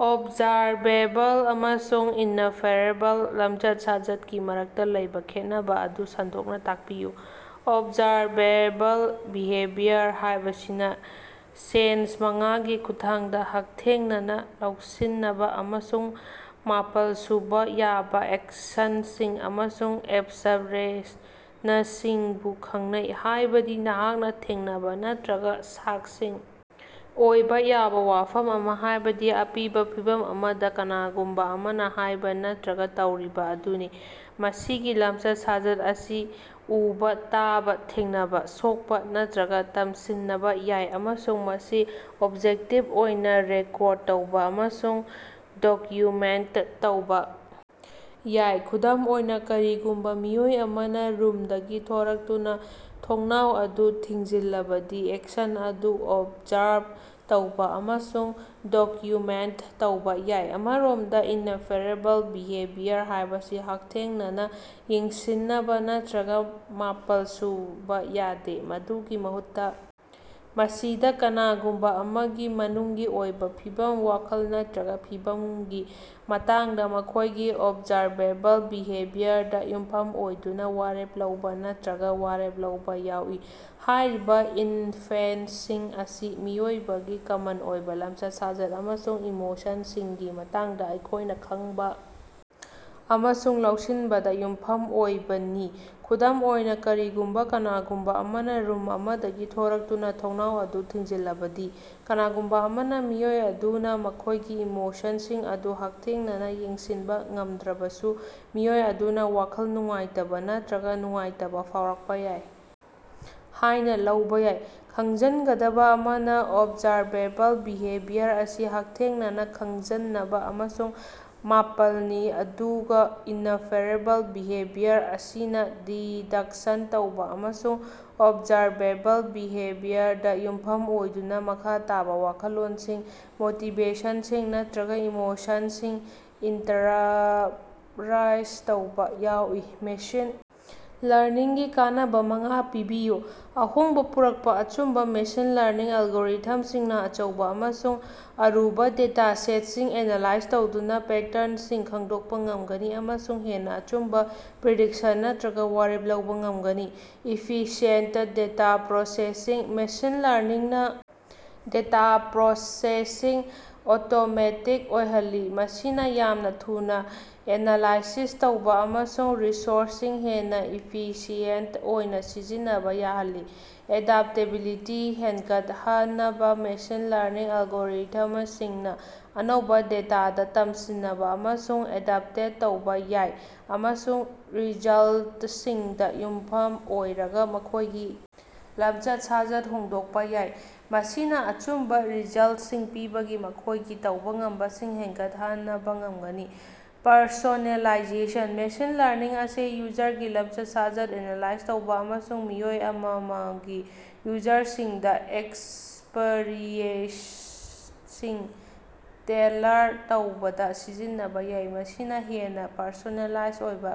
"Observable " ꯑꯃꯁꯨꯡ "ꯏꯅꯐꯦꯔꯦꯕꯜ " ꯂꯝꯆꯠ-ꯁꯥꯖꯠꯀꯤ ꯃꯔꯛꯇ ꯂꯩꯕ ꯈꯦꯠꯅꯕ ꯑꯗꯨ ꯁꯟꯗꯣꯛꯅ ꯇꯥꯛꯄꯤꯌꯨ꯫ "ꯑꯣꯕꯖꯥꯔꯕꯦꯕꯜ ꯕꯤꯍꯦꯕꯤꯌꯔ" ꯍꯥꯏꯕꯁꯤꯅ ꯁꯦꯟꯁ ꯃꯉꯥꯒꯤ ꯈꯨꯠꯊꯥꯡꯗ ꯍꯛꯊꯦꯡꯅꯅꯥ ꯂꯧꯁꯤꯅꯕ ꯑꯃꯁꯨꯡ ꯃꯥꯄꯜ ꯁꯨꯕ ꯌꯥꯕ ꯑꯦꯛꯁꯟꯁꯤꯡ ꯑꯃꯁꯨꯡ ꯑꯦꯛꯁꯞꯔꯦꯁꯅꯁꯤꯡꯕꯨ ꯈꯪꯅꯩ, ꯍꯥꯏꯕꯗꯤ ꯅꯍꯥꯛꯅ ꯊꯦꯡꯅꯕ ꯅꯠꯇ꯭ꯔꯒ ꯁꯥꯛꯁꯤ ꯑꯣꯏꯕ ꯌꯥꯕ ꯋꯥꯐꯝ ꯑꯃꯥ, ꯍꯥꯏꯕꯗꯤ ꯑꯄꯤꯕ ꯐꯤꯚꯝ ꯑꯃꯗꯥ ꯀꯅꯥꯒꯨꯝꯕꯥ ꯑꯃꯅꯥ ꯍꯥꯏꯕ ꯅꯠꯇ꯭ꯔꯒ ꯇꯧꯔꯤꯕꯥ ꯑꯗꯨꯅꯤ꯫ ꯃꯁꯤꯒꯤ ꯂꯝꯆꯠ-ꯁꯥꯖꯠ ꯑꯁꯤ ꯎꯕꯥ, ꯇꯥꯕ, ꯊꯦꯡꯅꯕ, ꯁꯣꯛꯄ ꯅꯠꯇ꯭ꯔꯒ ꯇꯝꯁꯤꯟꯅꯕ ꯌꯥꯏ ꯑꯃꯁꯨꯡ ꯃꯁꯤ ꯑꯣꯕꯖꯦꯛꯇꯤꯚ ꯑꯣꯏꯅ ꯔꯦꯀꯣꯔꯗ ꯇꯧꯕ ꯑꯃꯁꯨꯡ ꯗꯣꯛꯌꯨꯃꯦꯟꯇ ꯇꯧꯕ ꯌꯥꯏ꯫ ꯈꯨꯗꯝ ꯑꯣꯏꯅ, ꯀꯔꯤꯒꯨꯝꯕ ꯃꯤꯑꯣꯏ ꯑꯃꯅꯥ ꯔꯨꯝꯗꯒꯤ ꯊꯣꯔꯛꯇꯨꯅ ꯊꯣꯡꯅꯥꯎ ꯑꯗꯨ ꯊꯤꯡꯖꯤꯜꯂꯕꯗꯤ, ꯑꯦꯛꯁꯟ ꯑꯗꯨ ꯑꯣꯕꯖꯥꯔꯚ ꯇꯧꯕ ꯑꯃꯁꯨꯡ ꯗꯣꯛꯌꯨꯃꯦꯟꯇ ꯇꯧꯕ ꯌꯥꯏ꯫ ꯑꯃꯔꯣꯝꯗ "ꯏꯅꯐꯦꯔꯦꯕꯜ "" ꯕꯤꯍꯦꯕꯤꯌꯔ" ꯍꯥꯏꯕꯁꯤ ꯍꯛꯊꯦꯡꯅꯅꯥ ꯌꯦꯡꯁꯤꯅꯕ ꯅꯠꯇ꯭ꯔꯒꯥ ꯃꯥꯄꯜ ꯁꯨꯕ ꯌꯥꯗꯦ꯫ ꯃꯗꯨꯒꯤ ꯃꯍꯨꯠꯇꯥ, ꯃꯁꯤꯗ ꯀꯅꯥꯒꯨꯝꯕ ꯑꯃꯒꯤ ꯃꯅꯨꯡꯒꯤ ꯑꯣꯏꯕ ꯐꯤꯚꯝ, ꯋꯥꯈꯜ ꯅꯠꯇ꯭ꯔꯒ ꯐꯤꯚꯝꯒꯤ ꯃꯇꯥꯡꯗ, ꯃꯈꯣꯏꯒꯤ ꯑꯣꯕꯖꯥꯔꯕꯦꯕꯜ ꯕꯤꯍꯦꯕꯤꯌꯔꯗꯥ ꯌꯨꯝꯐꯝ ꯑꯣꯏꯗꯨꯅ ꯋꯥꯔꯦꯞ ꯂꯧꯕ ꯅꯠꯇ꯭ꯔꯒ ꯋꯥꯔꯦꯞ ꯂꯧꯕ ꯌꯥꯎꯏ꯫ ꯍꯥꯏꯔꯤꯕ ꯏꯟꯐꯦꯟꯁꯁꯤꯡ ꯑꯁꯤ ꯃꯤꯑꯣꯏꯕꯒꯤ ꯀꯃꯟ ꯑꯣꯏꯕ ꯂꯝꯆꯠ-ꯁꯥꯖꯠ ꯑꯃꯁꯨꯡ ꯏꯃꯣꯁꯟꯁꯤꯡꯒꯤ ꯃꯇꯥꯡꯗꯥ ꯑꯩꯈꯣꯏꯅ ꯈꯪꯕꯥ ꯑꯃꯁꯨꯡ ꯂꯧꯁꯤꯟꯕꯗꯥ ꯌꯨꯝꯐꯝ ꯑꯣꯏꯕꯅꯤ ꯈꯨꯗꯝ ꯑꯣꯏꯅ, ꯀꯔꯤꯒꯨꯝꯕꯥ ꯀꯅꯥꯒꯨꯝꯕꯥ ꯑꯃꯅꯥ ꯔꯨꯝ ꯑꯃꯗꯒꯤ ꯊꯣꯔꯛꯇꯨꯅꯥ ꯊꯣꯡꯅꯥꯎ ꯑꯗꯨ ꯊꯤꯡꯖꯤꯜꯂꯕꯗꯤ, ꯀꯅꯥꯒꯨꯝꯕ ꯑꯃꯥꯅ ꯃꯤꯑꯣꯏ ꯑꯗꯨꯅ ꯃꯈꯣꯏꯒꯤ ꯏꯃꯣꯁꯟꯁꯤꯡ ꯑꯗꯨ ꯍꯛꯊꯦꯡꯅꯅꯥ ꯌꯦꯡꯁꯤꯟꯕ ꯉꯝꯗ꯭ꯔꯕꯁꯨ, ꯃꯤꯑꯣꯏ ꯑꯗꯨꯅ ꯋꯥꯈꯜ ꯅꯨꯡꯉꯥꯏꯇꯕ ꯅꯠꯇ꯭ꯔꯒꯥ ꯅꯨꯡꯉꯥꯏꯇꯕ ꯐꯥꯎꯔꯛꯄ ꯌꯥꯏ ꯍꯥꯏꯅ ꯂꯧꯕ ꯌꯥꯏ꯫ ꯈꯪꯖꯟꯒꯗꯕ ꯑꯃꯅꯥ, ꯑꯣꯕꯖꯥꯔꯕꯦꯕꯜ ꯕꯤꯍꯦꯕꯤꯌꯔ ꯑꯁꯤ ꯍꯛꯊꯦꯡꯅꯅꯥ ꯈꯪꯖꯟꯅꯕꯥ ꯑꯃꯁꯨꯡ ꯃꯥꯄꯜꯅꯤ ꯑꯗꯨꯒꯥ ꯏꯅꯐꯦꯔꯦꯕꯜ ꯕꯤꯍꯦꯕꯤꯌꯔ ꯑꯁꯤꯅꯥ ꯗꯤꯗꯛꯁꯟ ꯇꯧꯕ ꯑꯃꯁꯨꯡ ꯑꯣꯕꯖꯥꯔꯕꯦꯕꯜ ꯕꯤꯍꯦꯕꯤꯌꯔꯗꯥ ꯌꯨꯝꯐꯝ ꯑꯣꯏꯗꯨꯅ ꯃꯈꯥ ꯇꯥꯕꯥ ꯋꯥꯈꯜꯂꯣꯟꯁꯤꯡ, ꯃꯣꯇꯤꯕꯦꯁꯟꯁꯤꯡ ꯅꯠꯇ꯭ꯔꯒ ꯏꯃꯣꯁꯟꯁꯤꯡ ꯏꯟꯇꯔꯞꯔꯥꯏꯖ ꯇꯧꯕ ꯌꯥꯎꯏ꯫ ꯃꯦꯁꯤꯟ ꯂꯔꯅꯤꯡꯒꯤ ꯀꯥꯟꯅꯕ ꯃꯉꯥ ꯄꯤꯕꯤꯌꯨ꯫ ꯑꯍꯣꯡꯕ ꯄꯨꯔꯛꯄ ꯑꯆꯨꯝꯕ ꯃꯦꯁꯤꯟ ꯂꯔꯅꯤꯡ ꯑꯦꯂꯒꯣꯔꯤꯊꯝꯁꯤꯡꯅ ꯑꯆꯧꯕ ꯑꯃꯁꯨꯡ ꯑꯔꯨꯕ ꯗꯦꯇꯥ ꯁꯦꯠꯁꯤꯡ ꯑꯦꯅꯥꯂꯥꯏꯖ ꯇꯧꯗꯨꯅꯥ ꯄꯦꯇꯔꯅꯁꯤꯡ ꯈꯪꯗꯣꯛꯄ ꯉꯝꯒꯅꯤ ꯑꯃꯁꯨꯡ ꯍꯦꯟꯅꯥ ꯑꯆꯨꯝꯕ ꯄ꯭ꯔꯤꯗꯤꯛꯁꯟ ꯅꯠꯇ꯭ꯔꯒ ꯋꯥꯔꯦꯞ ꯂꯧꯕ ꯉꯝꯒꯅꯤ꯫ ꯏꯐꯤꯁꯤꯌꯦꯟꯇ ꯗꯦꯇꯥ ꯄ꯭ꯔꯣꯁꯦꯁꯤꯡ: ꯃꯦꯁꯤꯟ ꯂꯔꯅꯤꯡꯅꯥ ꯗꯦꯇꯥ ꯄ꯭ꯔꯣꯁꯦꯁꯤꯡ ꯑꯣꯇꯣꯃꯦꯇꯤꯛ ꯑꯣꯏꯍꯜꯂꯤ, ꯃꯁꯤꯅꯥ ꯌꯥꯝꯅ ꯊꯨꯅꯥ ꯑꯦꯅꯥꯂꯥꯏꯁꯤꯁ ꯇꯧꯕ ꯑꯃꯁꯨꯡ ꯔꯤꯁꯣꯔꯁꯁꯤꯡ ꯍꯦꯟꯅꯥ ꯏꯐꯤꯁꯤꯌꯦꯟꯇ ꯑꯣꯏꯅ ꯁꯤꯖꯤꯟꯅꯕ ꯌꯥꯍꯜꯂꯤ꯫ ꯑꯦꯗꯥꯞꯇꯦꯕꯤꯂꯤꯇꯤ ꯍꯦꯟꯒꯠꯍꯅꯕ ꯃꯦꯁꯤꯟ ꯂꯔꯅꯤꯡ ꯑꯦꯂꯒꯣꯔꯤꯊꯃꯁꯤꯡꯅꯥ ꯑꯅꯧꯕꯥ ꯗꯦꯇꯥꯗꯥ ꯇꯝꯁꯤꯅꯕ ꯑꯃꯁꯨꯡ ꯑꯦꯗꯞꯇꯦꯠ ꯇꯧꯕ ꯌꯥꯏ, ꯑꯃꯁꯨꯡ ꯔꯤꯖꯜꯇꯁꯤꯡꯗ ꯌꯨꯝꯐꯝ ꯑꯣꯏꯔꯒ ꯃꯈꯣꯏꯒꯤ ꯂꯝꯆꯠ-ꯁꯥꯖꯠ ꯍꯣꯡꯗꯣꯛꯄ ꯌꯥꯏ, ꯃꯁꯤꯅꯥ ꯑꯆꯨꯝꯕ ꯔꯤꯖꯜꯇꯁꯤꯡ ꯄꯤꯕꯒꯤ ꯃꯈꯣꯏꯒꯤ ꯇꯧꯕ ꯉꯝꯕꯁꯤꯡ ꯍꯦꯟꯒꯠꯍꯅꯕ ꯉꯝꯒꯅꯤ꯫ ꯄꯔꯁꯣꯅꯦꯂꯥꯏꯖꯦꯁꯟ: ꯃꯦꯁꯤꯟ ꯂꯔꯅꯤꯡ ꯑꯁꯤ ꯌꯨꯖꯔꯒꯤ ꯂꯝꯆꯠ-ꯁꯥꯖꯠ ꯑꯦꯅꯥꯂꯥꯏꯖ ꯇꯧꯕꯥ ꯑꯃꯁꯨꯡ ꯃꯤꯑꯣꯏ ꯑꯃꯃꯃꯒꯤ ꯌꯨꯖꯔꯁꯤꯡꯗꯥ ꯑꯦꯛꯁꯄꯔꯤꯌꯦꯟꯁꯁꯤꯡ ꯇꯦꯜꯂꯔ ꯇꯧꯕꯗꯥ ꯁꯤꯖꯤꯟꯅꯕꯥ ꯌꯥꯏ, ꯃꯁꯤꯅ ꯍꯦꯟꯅꯥ ꯄꯔꯁꯣꯅꯦꯂꯥꯏꯖ ꯑꯣꯏꯕ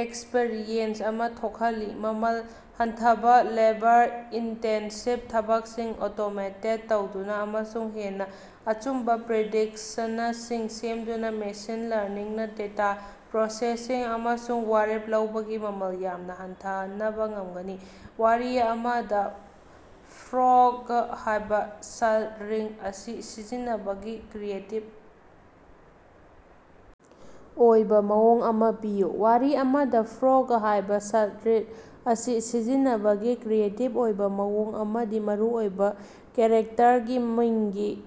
ꯑꯦꯛꯁꯄꯔꯤꯌꯦꯟꯁ ꯑꯃꯥ ꯊꯣꯛꯍꯜꯂꯤ꯫ ꯃꯃꯜ ꯍꯟꯊꯕ ꯂꯦꯕꯔ-ꯏꯟꯇꯦꯟꯁꯤꯕ ꯊꯕꯛꯁꯤꯡ ꯑꯣꯇꯣꯃꯦꯇꯦꯗ ꯇꯧꯗꯨꯅꯥ ꯑꯃꯁꯨꯡ ꯍꯦꯟꯅꯥ ꯑꯆꯨꯝꯕ ꯄ꯭ꯔꯤꯗꯤꯛꯁꯅꯁꯤꯡ ꯁꯦꯝꯗꯨꯅꯥ ꯃꯦꯁꯤꯟ ꯂꯔꯅꯤꯡꯅꯥ ꯗꯦꯇꯥ ꯄ꯭ꯔꯣꯁꯦꯁꯤꯡ ꯑꯃꯁꯨꯡ ꯋꯥꯔꯦꯞ ꯂꯧꯕꯒꯤ ꯃꯃꯜ ꯌꯥꯝꯅ ꯍꯟꯊꯍꯅꯕꯥ ꯉꯝꯒꯅꯤ꯫ ꯋꯥꯔꯤ ꯑꯃꯥꯗ "ꯐ꯭ꯔꯣꯒ" ꯍꯥꯏꯕ ꯁ꯭ꯠꯔꯤꯡ ꯑꯁꯤ ꯁꯤꯖꯤꯟꯅꯅꯕꯒꯤ ꯀ꯭ꯔꯤꯌꯦꯇꯤꯚ ꯑꯣꯏꯕ ꯃꯑꯣꯡ ꯑꯃꯥ ꯄꯤꯌꯨ꯫ ꯋꯥꯔꯤ ꯑꯃꯗꯥ "ꯐ꯭ꯔꯣꯒ" ꯍꯥꯏꯕ ꯁ꯭ꯠꯔꯤꯡ ꯑꯁꯤ ꯁꯤꯖꯤꯟꯅꯕꯒꯤ ꯀ꯭ꯔꯤꯌꯦꯇꯤꯕ ꯑꯣꯏꯕ ꯃꯑꯣꯡ ꯑꯃꯗꯤ ꯃꯔꯨꯑꯣꯏꯕ ꯀꯦꯔꯦꯛꯇꯔꯒꯤ ꯃꯤꯡꯒꯤ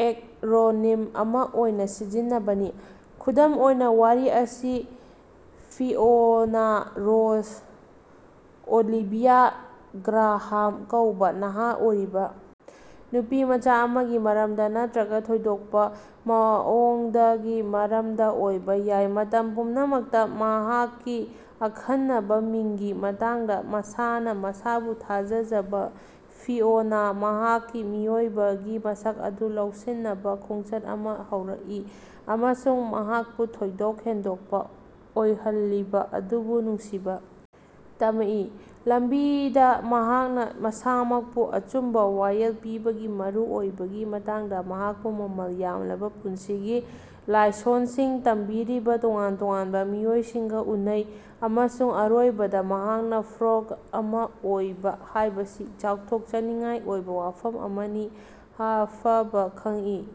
ꯑꯦꯛꯔꯣꯅꯤꯝ ꯑꯃꯥ ꯑꯣꯏꯅꯥ ꯁꯤꯖꯤꯟꯅꯕꯅꯤ꯫ ꯈꯨꯗꯝ ꯑꯣꯏꯅ, ꯋꯥꯔꯤ ꯑꯁꯤ ꯐꯤꯑꯣꯅꯥ ꯔꯣꯖ ꯑꯣꯂꯤꯚꯤꯌꯥ ꯒ꯭ꯔꯥꯍꯥꯝ ꯀꯧꯕ ꯅꯍꯥ ꯑꯣꯏꯔꯤꯕ ꯅꯨꯄꯤꯃꯆꯥ ꯑꯃꯒꯤ ꯃꯔꯝꯗ ꯅꯠꯇ꯭ꯔꯒ ꯊꯣꯏꯗꯣꯛꯄ ꯃꯑꯣꯡꯗꯒꯤ ꯃꯔꯝꯗꯥꯑꯣꯏꯕ ꯌꯥꯏ꯫ ꯃꯇꯝ ꯄꯨꯝꯅꯃꯛꯇ ꯃꯍꯥꯛꯀꯤ ꯑꯈꯟꯅꯕ ꯃꯤꯡꯒꯤ ꯃꯇꯥꯡꯗ ꯃꯁꯥꯅꯥ ꯃꯁꯥꯕꯨ ꯊꯥꯖꯖꯕ ꯐꯤꯑꯣꯅꯥ ꯃꯍꯥꯛꯀꯤ ꯃꯤꯑꯣꯏꯕꯒꯤ ꯃꯁꯛ ꯑꯗꯨ ꯂꯧꯁꯤꯟꯅꯕ ꯈꯣꯡꯆꯠ ꯑꯃꯥ ꯍꯧꯔꯛꯏ ꯑꯃꯁꯨꯡ ꯃꯍꯥꯛꯄꯨ ꯊꯣꯏꯗꯣꯛ ꯍꯦꯟꯗꯣꯛꯄ ꯑꯣꯏꯍꯜꯂꯤꯕꯥ ꯑꯗꯨꯕꯨ ꯅꯨꯡꯁꯤꯕꯥ ꯇꯃꯏ꯫ ꯂꯝꯕꯤꯗꯥ ꯃꯍꯥꯛꯅꯥ ꯃꯁꯥꯃꯛꯄꯨ ꯑꯆꯨꯝꯕ ꯋꯥꯌꯦꯜ ꯄꯤꯕꯒꯤ ꯃꯔꯨꯑꯣꯏꯕꯒꯤ ꯃꯇꯥꯡꯗ ꯃꯍꯥꯛꯄꯨ ꯃꯃꯜ ꯌꯥꯝꯂꯕ ꯄꯨꯟꯁꯤꯒꯤ ꯂꯥꯏꯁꯣꯟꯁꯤꯡ ꯇꯝꯕꯤꯔꯤꯕ ꯇꯣꯉꯥꯟ ꯇꯣꯉꯥꯟꯕ ꯃꯤꯑꯣꯏꯁꯤꯡꯒ ꯎꯅꯩ, ꯑꯃꯁꯨꯡ ꯑꯔꯣꯏꯕꯗ ꯃꯍꯥꯛꯅꯥ "ꯐ꯭ꯔꯣꯒ" ꯑꯃꯥ ꯑꯣꯏꯕ ꯍꯥꯏꯕꯁꯤ ꯆꯥꯎꯊꯣꯛꯆꯅꯤꯡꯉꯥꯏ ꯑꯣꯏꯕ ꯋꯥꯐꯝ ꯑꯃꯅꯤ ꯍꯥꯐꯕ ꯈꯪꯏ꯫